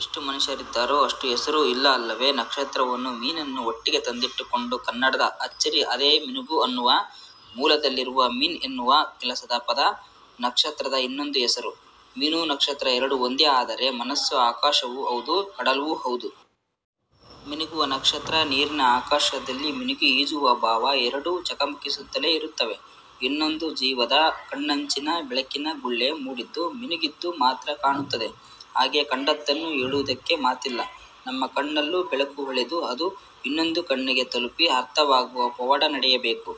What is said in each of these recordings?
ಎಷ್ಟು ಮನುಷ್ಯರಿದ್ದಾರೋ ಅಷ್ಟು ಹೆಸರು ಇಲ್ಲ ಅಲ್ಲವೇ? ನಕ್ಷತ್ರವನ್ನೂ ಮೀನನ್ನೂ ಒಟ್ಟಿಗೆ ತಂದಿಟ್ಟುಕೊಂಡ ಕನ್ನಡದ ಅಚ್ಚರಿ ಅದೇ. ಮಿನುಗು ಅನ್ನುವ ಮೂಲದಲ್ಲಿರುವುದು ಮೀನ್ ಅನ್ನುವ ಕೆಲಸದ ಪದ. ನಕ್ಷತ್ರದ ಇನ್ನೊಂದು ಹೆಸರು. ಮೀನು ನಕ್ಷತ್ರ ಎರಡೂ ಒಂದೇ ಅಂದರೆ ಮನಸ್ಸು ಆಕಾಶವೂ ಹೌದು, ಕಡಲೂ ಹೌದು. ಮಿನುಗುವ ನಕ್ಷತ್ರ, ನೀರಿನ ಆಕಾಶದಲ್ಲಿ ಮಿನುಗಿ ಈಜುವ ಭಾವ ಎರಡೂ ಚಕಮಕಿಸುತ್ತಲೇ ಇರುತ್ತವೆ. ಇನ್ನೊಂದು ಜೀವದ ಕಣ್ಣಂಚಿನಲ್ಲಿ ಬೆಳಕಿನ ಗುಳ್ಳೆ ಮೂಡಿದ್ದು ಮಿನುಗಿದ್ದು ಮಾತ್ರ ಕಾಣುತ್ತದೆ. ಹಾಗೆ ಕಂಡದ್ದನ್ನು ಹೇಳುವುದಕ್ಕೆ ಮಾತಿಲ್ಲ. ನಮ್ಮ ಕಣ್ಣಲ್ಲೂ ಬೆಳಕು ಹೊಳೆದು ಅದು ಇನ್ನೊಂದು ಕಣ್ಣಿಗೆ ತಲುಪಿ ಅರ್ಥವಾಗುವ ಪವಾಡ ನಡೆಯಬೇಕು.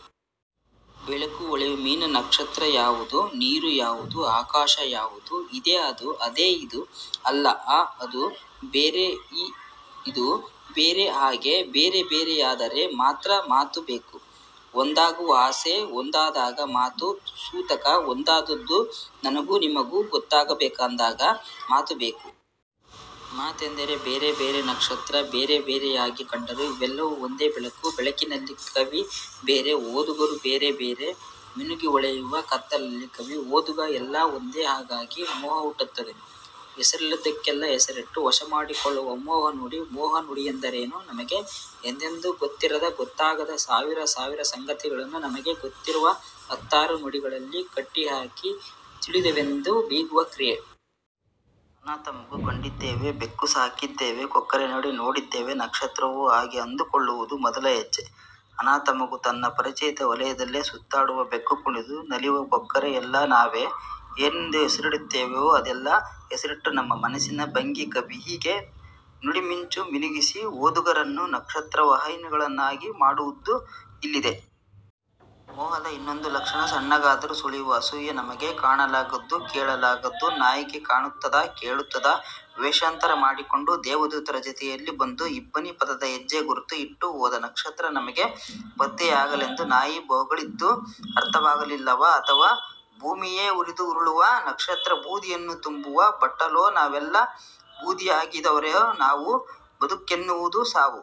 ಬೆಳಕು, ಹೊಳೆ, ಮೀನು, ನಕ್ಷತ್ರ ಯಾವುದು ನೀರು, ಯಾವುದು ಆಕಾಶ, ಯಾವುದು ಇದೇ ಅದು, ಅದೇ ಇದು. ಅಲ್ಲ ಆ ಅದು ಬೇರೆ, ಈ ಇದು ಬೇರೆ. ಹಾಗೆ ಬೇರೆಬೇರೆಯಾದರೆ ಮಾತ್ರ ಮಾತು ಬೇಕು. ಒಂದಾಗುವ ಆಸೆ. ಒಂದಾದಾಗ ಮಾತು ಸೂತಕ. ಒಂದಾದದ್ದು ನನಗೂ ನಿಮಗೂ ಗೊತ್ತಾಗಬೇಕೆಂದಾಗ ಮಾತು ಬೇಕು. ಮಾತೆಂದರೆ ಬೇರೆ ಬೇರೆ ನಕ್ಷತ್ರ ಬೇರೆ ಬೇರೆಯಾಗಿ ಕಂಡರೂ ಅವೆಲ್ಲವೂ ಒಂದೇ ಬೆಳಕು. ಬೆಳಕಿನಲ್ಲಿ ಕವಿ ಬೇರೆ, ಓದುಗರು ಬೇರೆ ಬೇರೆ. ಮಿನುಗಿ ಹೊಳೆಯುವ ಕತ್ತಲಲ್ಲಿ ಕವಿ, ಓದುಗ ಎಲ್ಲಾ ಒಂದೇ. ಹಾಗಾಗಿ ಮೋಹ ಹುಟ್ಟುತ್ತದೆ. ಹೆಸರಿಲ್ಲದ್ದಕ್ಕೆಲ್ಲ ಹೆಸರಿಟ್ಟು ವಶಮಾಡಿಕೊಳ್ಳುವ ಮೋಹ. ನುಡಿ ಮೋಹ. ನುಡಿಯೆಂದರೇನು ನಮಗೆ ಎಂದೆಂದೂ ಗೊತ್ತಿರದ, ಗೊತ್ತಾಗದ ಸಾವಿರ ಸಾವಿರ ಸಂಗತಿಗಳನ್ನು ನಮಗೆ ಗೊತ್ತಿರುವ ಹತ್ತಾರು ನುಡಿಗಳಲ್ಲಿ ಕಟ್ಟಿಹಾಕಿ ತಿಳಿದೆವೆಂದು ಬೀಗುವ ಕ್ರಿಯೆ. ಅನಾಥ ಮಗು ಕಂಡಿದ್ದೇವೆ, ಬೆಕ್ಕು ಸಾಕಿದ್ದೇವೆ, ಕೊಕ್ಕರೆ ನಡೆ ನೋಡಿದ್ದೇವೆ ನಕ್ಷತ್ರವೂ ಹಾಗೆ ಅಂದುಕೊಳ್ಳುವುದು ಮೊದಲ ಹೆಜ್ಜೆ. ಅನಾಥ ಮಗು, ತನ್ನ ಪರಿಚಿತ ವಲಯದಲ್ಲೇ ಸುತ್ತಾಡುವ ಬೆಕ್ಕು, ಕುಣಿದು ನಲಿವ ಕೊಕ್ಕರೆ ಎಲ್ಲಾ ನಾವೇ, ಏನೆಂದು ಹೆಸರಿಡುತ್ತೇವೋ ಅದೆಲ್ಲ ಹೆಸರಿಟ್ಟ ನಮ್ಮ ಮನಸಿನ ಭಂಗಿ. ಕವಿ ಹೀಗೆ ನುಡಿಮಿಂಚು ಮಿನುಗಿಸಿ ಓದುಗರನ್ನೂ ನಕ್ಷತ್ರಮೋಹಿಗಳನ್ನಾಗಿ ಮಾಡಿದ್ದು ಇಲ್ಲಿದೆ. ಮೋಹದ ಇನ್ನೊಂದು ಲಕ್ಷಣ ಸಣ್ಣಗಾದರೂ ಸುಳಿಯುವ ಅಸೂಯೆ. ನಮಗೆ ಕಾಣಲಾಗದ್ದು, ಕೇಳಲಾಗದ್ದು ನಾಯಿಗೆ ಕಾಣುತ್ತದಾ, ಕೇಳುತ್ತದಾ? ವೇಷಾಂತರ ಮಾಡಿಕೊಂಡು ದೇವದೂತರ ಜೊತೆಯಲ್ಲಿ ಬಂದು ಇಬ್ಬನಿ ಪಾದದ ಹೆಜ್ಜೆ ಗುರುತು ಬಿಟ್ಟು ಹೋದ ನಕ್ಷತ್ರ ನಮಗೆ ಪತ್ತೆಯಾಗಲೆಂದು ನಾಯಿ ಬೊಗಳಿದ್ದು ಅರ್ಥವಾಗಲಿಲ್ಲವಾ? ಅಥವಾ ಈ ಭೂಮಿಯೇ ಉರಿದು ಉರುಳುವ ನಕ್ಷತ್ರಬೂದಿಯನ್ನು ತುಂಬುವ ಬಟ್ಟಲೋ ನಾವೆಲ್ಲ ಬೂದಿಯಾದವರೋ ನಾವು ಬದುಕೆನ್ನುವುದು ಸಾವು.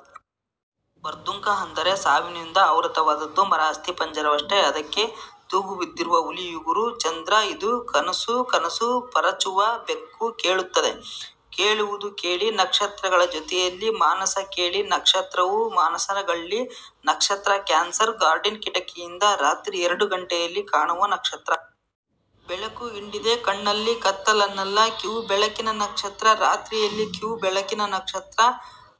ಬರ್ದುಂಕು ಅಂದರೆ ಸಾವಿನಿಂದ ಆವೃತ್ತವಾದದ್ದು. ಮರ ಅಸ್ತಿಪಂಜರವಷ್ಟೇ ಅದಕ್ಕೆ ತೂಗುಬಿದ್ದಿರುವ ಹುಲಿಯುಗುರು ಚಂದ್ರ. ಇದು ಕನಸೋ? ಕನಸು ಪರಚುವ ಬೆಕ್ಕು ಕೇಳುತ್ತದೆ. ಕೇಳುವುದು ಕೇಳಿ ನಕ್ಷತ್ರಗಳ ಜೊತೆಯಲ್ಲಿ ಮಾನಸ ಕೇಳಿ ನಕ್ಷತ್ರವು ಮಾನಸಗಳ್ಳಿ. ನಕ್ಷತ್ರ ಕ್ಯಾನ್ಸರ್ ವಾರ್ಡಿನ ಕಿಟಕಿಯಿಂದ ರಾತ್ರಿ ಎರಡು ಗಂಟೆಯಲ್ಲಿ ಕಾಣುವ ನಕ್ಷತ್ರ. 'ಬೆಳಕು ಹಿಂಡಿದೆ ಕಣ್ಣಲ್ಲಿ ಕತ್ತಲನ್ನಲ್ಲ ಕೀವು ಬೆಳಕಿನ ನಕ್ಷತ್ರ'. ರಾತ್ರಿಯಲ್ಲಿ ಕೀವು ಬೆಳಕಿನ ನಕ್ಷತ್ರ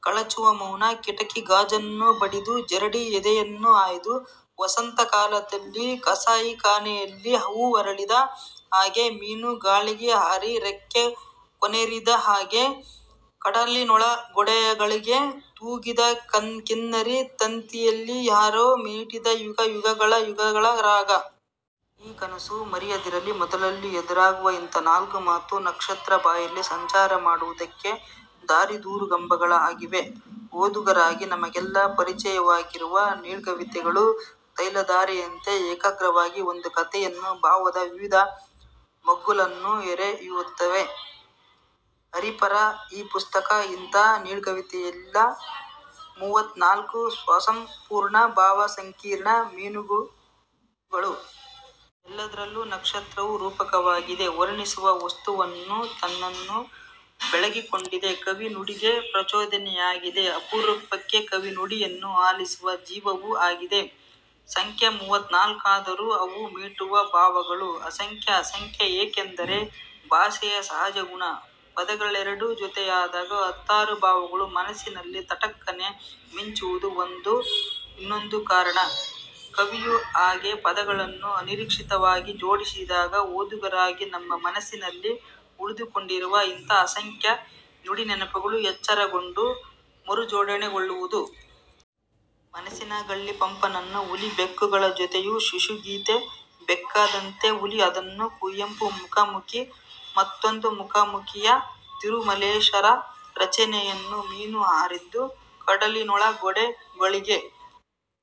ಕಳಚುವ ಮೌನ ಕಿಟಕಿ ಗಾಜನ್ನು ಬಡಿದು ಜರಡಿ ಎದೆಯನ್ನು ಹಾಯ್ದು ವಸಂತಕಾಲದಲ್ಲಿ ಕಸಾಯಿಖಾನೆಯಲ್ಲಿ ಹೂ ಅರಳಿದ ಹಾಗೆ ಮೀನು ಗಾಳಿಗೆ ಹಾರಿ ರೆಕ್ಕೆ ಕೊನರಿದ ಹಾಗೆ 'ಕಡಲಿನೊಳಗೋಡೆಗಳಿಗೆ ತೂಗಿದ ಕಿನ್ನರಿಯ ತಂತಿಯಲಿ ಯಾರೋ ಮೀಟಿದ ಯುಗ ಯುಗಗಳ ಯುಗಳ ರಾಗ'. ಈ ಕನಸು ಮುರಿಯದಿರಲಿ. ಮೊದಲಲ್ಲಿ ಎದುರಾಗುವ ಇಂಥ ನಾಲ್ಕು ಮಾತು ನಕ್ಷತ್ರಬಯಲ್ಲಿ ಸಂಚಾರ ಮಾಡುವುದಕ್ಕೆ ದಾರಿದೋರುಗಂಬಗಳ ಹಾಗಿವೆ. ಓದುಗರಾಗಿ ನಮಗೆಲ್ಲ ಪರಿಚಿತವಾಗಿರುವ ನೀಳ್ಗವಿತೆಗಳು ತೈಲಧಾರೆಯಂತೆ ಏಕಾಗ್ರವಾಗಿ ಒಂದು ಕಥೆಯನ್ನೋ ಭಾವದ ವಿವಿಧ ಮಗ್ಗುಲನ್ನೋ ಎರೆಯುತ್ತವೆ. ಅರೀಫರ ಈ ಪುಸ್ತಕ ಅಂಥ ನೀಳ್ಗವಿತೆಯಲ್ಲ, ಮೂವತ್ತ ನಾಲ್ಕು ಸ್ವಸಂಪೂರ್ಣ ಭಾವ ಸಂಕೀರ್ಣ ಮಿನುಗುಗಳು. ಎಲ್ಲದರಲ್ಲೂ ನಕ್ಷತ್ರವು ರೂಪಕವಾಗಿದೆ. ವರ್ಣಿಸುವ ವಸ್ತುವನ್ನೂ ತನ್ನನ್ನೂ ಬೆಳಗಿಕೊಂಡಿದೆ. ಕವಿ ನುಡಿಗೆ ಪ್ರಚೋದನೆಯಾಗಿದೆ, ಅಪರೂಪಕ್ಕೆ ಕವಿ ನುಡಿಯನ್ನು ಆಲಿಸುವ ಜೀವವೂ ಆಗಿದೆ. ಸಂಖ್ಯೆ ಮೂವತ್ತನಾಲ್ಕಾದರೂ ಅವು ಮೀಟುವ ಭಾವಗಳು ಅಸಂಖ್ಯ. ಅಸಂಖ್ಯ ಯಾಕೆಂದರೆ ಭಾಷೆಯ ಸಹಜ ಗುಣ ಪದಗಳೆರಡು ಜೊತೆಯಾದಾಗ ಹತ್ತಾರು ಭಾವಗಳು ಮನಸ್ಸಲ್ಲಿ ತಟಕ್ಕನೆ ಮಿಂಚುವುದು ಒಂದು, ಇನ್ನೊಂದು ಕಾರಣ ಕವಿಯು ಹಾಗೆ ಪದಗಳನ್ನು ಅನಿರೀಕ್ಷಿತವಾಗಿ ಜೋಡಿಸಿದಾಗ ಓದುಗರಾಗಿ ನಮ್ಮ ಮನಸ್ಸಿನಲ್ಲಿ ಉಳಿದುಕೊಂಡಿರುವ ಇತರ ಅಸಂಖ್ಯ ನುಡಿನೆನಪುಗಳು ಎಚ್ಚರಗೊಂಡು ಮರುಜೋಡಣೆಗೊಳ್ಳುವುದು. ಮಾನಸಗಳ್ಳಿ ಪಂಪನನ್ನು, ಹುಲಿ-ಬೆಕ್ಕುಗಳ ಜೊತೆಯು ಶಿಶುಗೀತೆ, ಬೆಕ್ಕಾದಂತೆ ಹುಲಿ ಅನ್ನುವ ಕುವೆಂಪು, ಮುಖಾಮುಖಿ, ಮತ್ತೊಂದು ಮುಖಾಮುಖಿಯ ತಿರುಮಲೇಶರ ರಚನೆಗಳನ್ನೂ, ಮೀನು ಹಾರಿದ್ದು ಕಡಲಿನೊಳಗೋಡೆಗಳಿಗೆ